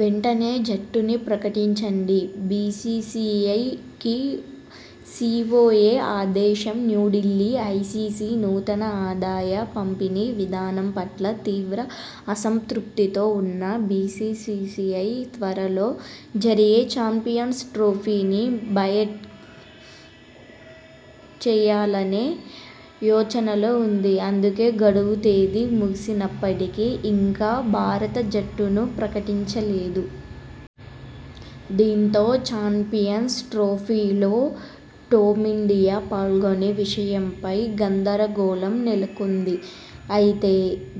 వెంటనే జట్టుని ప్రకటించండి బీసీసీఐ కీ సీఓఏ ఆదేశంన్యూఢిల్లీ ఐసీసీ నూతన ఆదాయ పంపిణీ విధానం పట్ల తీవ్ర అసంతృప్తితో ఉన్న బీసీసీసీ ఐ త్వరలో జరిగే చాంపియన్స్ ట్రోఫీని బాయట్ చేయాలనే యోచనలో ఉంది. అందుకే గడువు తేదీ ముగిసినప్పటికీ ఇంకా భారత జట్టును ప్రకటించ లేదు. దీంతో చాంపియన్స్ ట్రోఫీ లో టీమిండియా పాల్గొనే విషయంపై గందర గోళం నెలకొంది. అయితే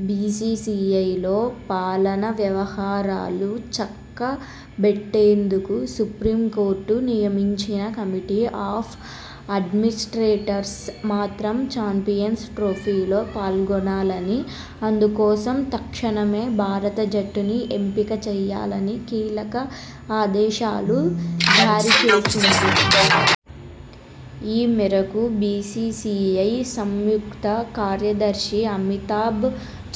బీసీసీఐ లో పా లనా వ్యవహారాలు చక్క బెట్టేందుకు సుప్రీం కోర్టు నియమించిన కమిటీ ఆఫ్ ఆడ్మినిస్ర్టేటర్స్ మాత్రం చాంపియన్స్ ట్రోఫీలో పాల్గొనాలని, అందుకోసం తక్షణమే భారత జట్టుని ఎంపిక చేయాలని కీలక ఆదేశాలు జారీచేసింది. ఈ మేరకు బీసీసీఐ సంయుక్త కార్యదర్శి అమితాబ్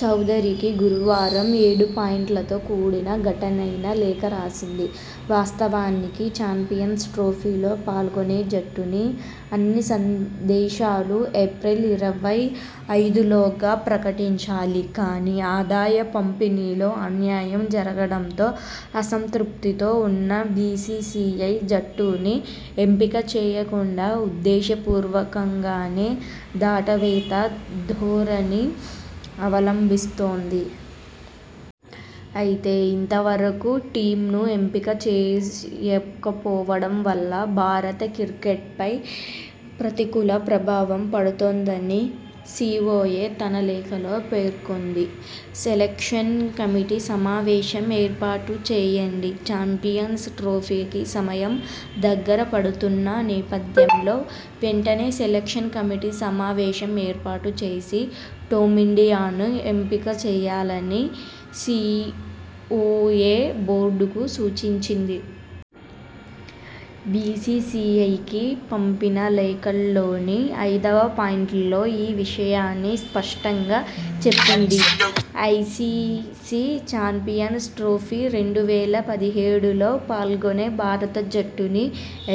చౌదరికి గురువారం ఏడు పాయింట్లతో కూడిన ఘట్టనైన లేఖ రాసింది. వాస్తవానికి చాంపియన్స్ ట్రోఫీలో పాల్గొనే జట్టుని అన్ని సందేశాలూ ఏప్రిల్ ఇరవై ఐదులోగా ప్రకటించాలి. కానీ, ఆదాయ పంపిణీలో అన్యాయం జరగడంతో అసంతృప్తితో ఉన్న బీసీసీఐ జట్టుని ఎంపిక చేయకుండా ఉద్దేశ పూర్వకంగానే దాటవేత ధోరణి అవలంబిస్తోంది. అయితే ఇంతవరకూ టీమ్ను ఎంపిక చెస్ చేయకపోవడం వల్ల భారత క్రికెట్పై ప్రతికూల ప్రభావం పడుతుందని సీఓఏ తన లేఖలో పేర్కొంది. సెలెక్షన్ కమిటీ సమావేశం ఏర్పాటు చేయండి చాంపియన్స్ ట్రోఫీకి సమయం దగ్గర పడుతున్న నేపథ్యంలో వెంటనే సెలెక్షన్ కమిటీ సమావేశం ఏర్పాటు చేసి టుమిండియాను ఎంపిక చేయాలని సీఓఏ బోర్డుకు సూచించింది. బీసీసీఐకి పంపిన లేఖలోని ఐదవ పాయింట్లో ఈ విషయాన్ని స్పష్టంగా చెప్పింది. ఐసీసీ చాంపియన్స్ ట్రోఫీ రెండు వేల పదిహేడులో పాల్గొనే భారత జట్టుని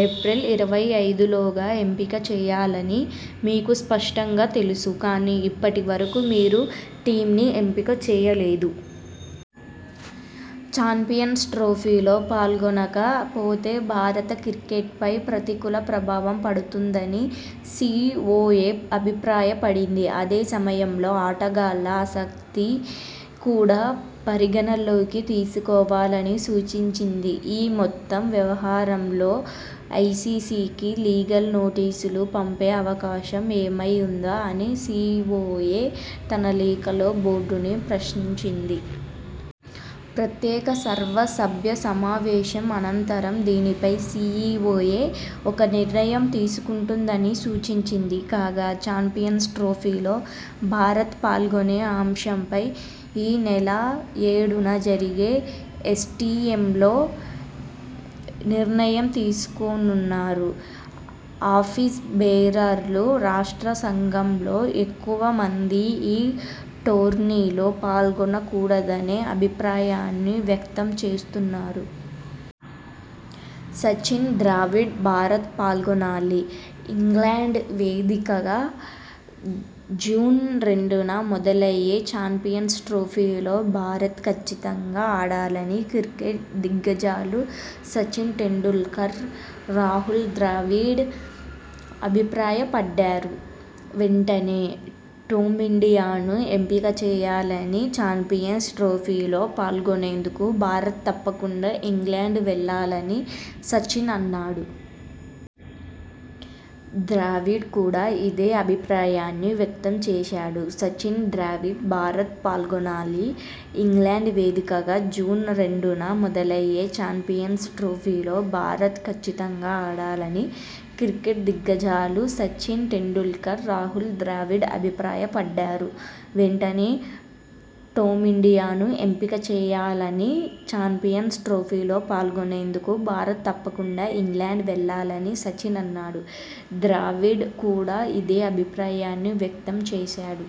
ఏప్రిల్ ఇరవై ఐదులోగా ఎంపిక చేయాలని మీకు స్పష్టంగా తెలుసు. కానీ ఇప్పటి వరకూ మీరు టీమ్ని ఎంపిక చేయలేదు. చాంపియన్స్ ట్రోఫీలో పాల్గొనక పోతే భారత క్రికెట్పై ప్రతికూల ప్రభావం పడుతుందని సీఓఏ అభిప్రాయ పడింది. అదే సమయంలో ఆటగాళ్ల ఆసక్తి కూడా పరిగణలోకి తీసుకోవాలని సూచించింది. ఈ మొత్తం వ్యవహారంలో ఐసీసీకి లీగల్ నోటీసులు పంపే అవకాశం ఏమై ఉందా అని సీఓఏ తన లేఖలో బోర్డుని ప్రశ్నించింది. ప్రత్యేక సర్వసభ్య సమావేశం అనంతరం దీనిపై సీఇఓఏ ఒక నిర్ణయం తీసుకుంటుందని సూచించింది. కాగా చాంపియన్స్ ట్రోఫీలో భారత్ పాల్గొనే అంశంపై ఈ నెల ఏడున జరిగే ఎస్టిఎంలో నిర్ణయం తీసుకోనున్నారు. ఆఫీస్ బేరర్లు, రాష్ట్ర సంఘంలో ఎక్కువ మంది ఈ టోర్నీలో పాల్గొన కూడదనే అభిప్రాయాన్ని వ్యక్తం చేస్తున్నారు. సచిన్, ద్రావిడ్ భారత్ పాల్గొనాలి! ఇంగ్లండ్ వేదికగా జూన్ రెండున మొదలయ్యే చాంపియన్స్ ట్రోఫీలో భారత్ కచ్చితంగా ఆడాలని క్రికెట్ దిగ్గజాలు సచిన్ టెండూల్కర్, రాహుల్ ద్రావిడ్ అభిప్రాయ పడ్డారు. వెంటనే టుమిండియాను ఎంపిక చేయాలని, చాంపియన్స్ ట్రోఫీలో పాల్గొనేందుకు భారత్ తప్పకుండా ఇంగ్లండ్ వెళ్లాలని సచిన్ అన్నాడు. ద్రావిడ్ కూడా ఇదే అభిప్రాయాన్ని వ్యక్తం చేశాడు. సచిన్, ద్రావిడ్ భారత్ పాల్గొనాలి! ఇంగ్లండ్ వేదికగా జూన్ రెండున మొదలయ్యే చాంపియన్స్ ట్రోఫీలో భారత్ కచ్చితంగా ఆడాలని క్రికెట్ దిగ్గజాలు సచిన్ టెండూల్కర్, రాహుల్ ద్రావిడ్ అభిప్రాయ పడ్డారు. వెంటనే టోమిండియాను ఎంపిక చేయాలని, చాంపియన్స్ ట్రోఫీలో పాల్గొనేందుకు భారత్ తప్పకుండా ఇంగ్లండ్ వెళ్లాలని సచిన్ అన్నాడు. ద్రావిడ్ కూడా ఇదే అభిప్రాయాన్ని వ్యక్తం చేశాడు.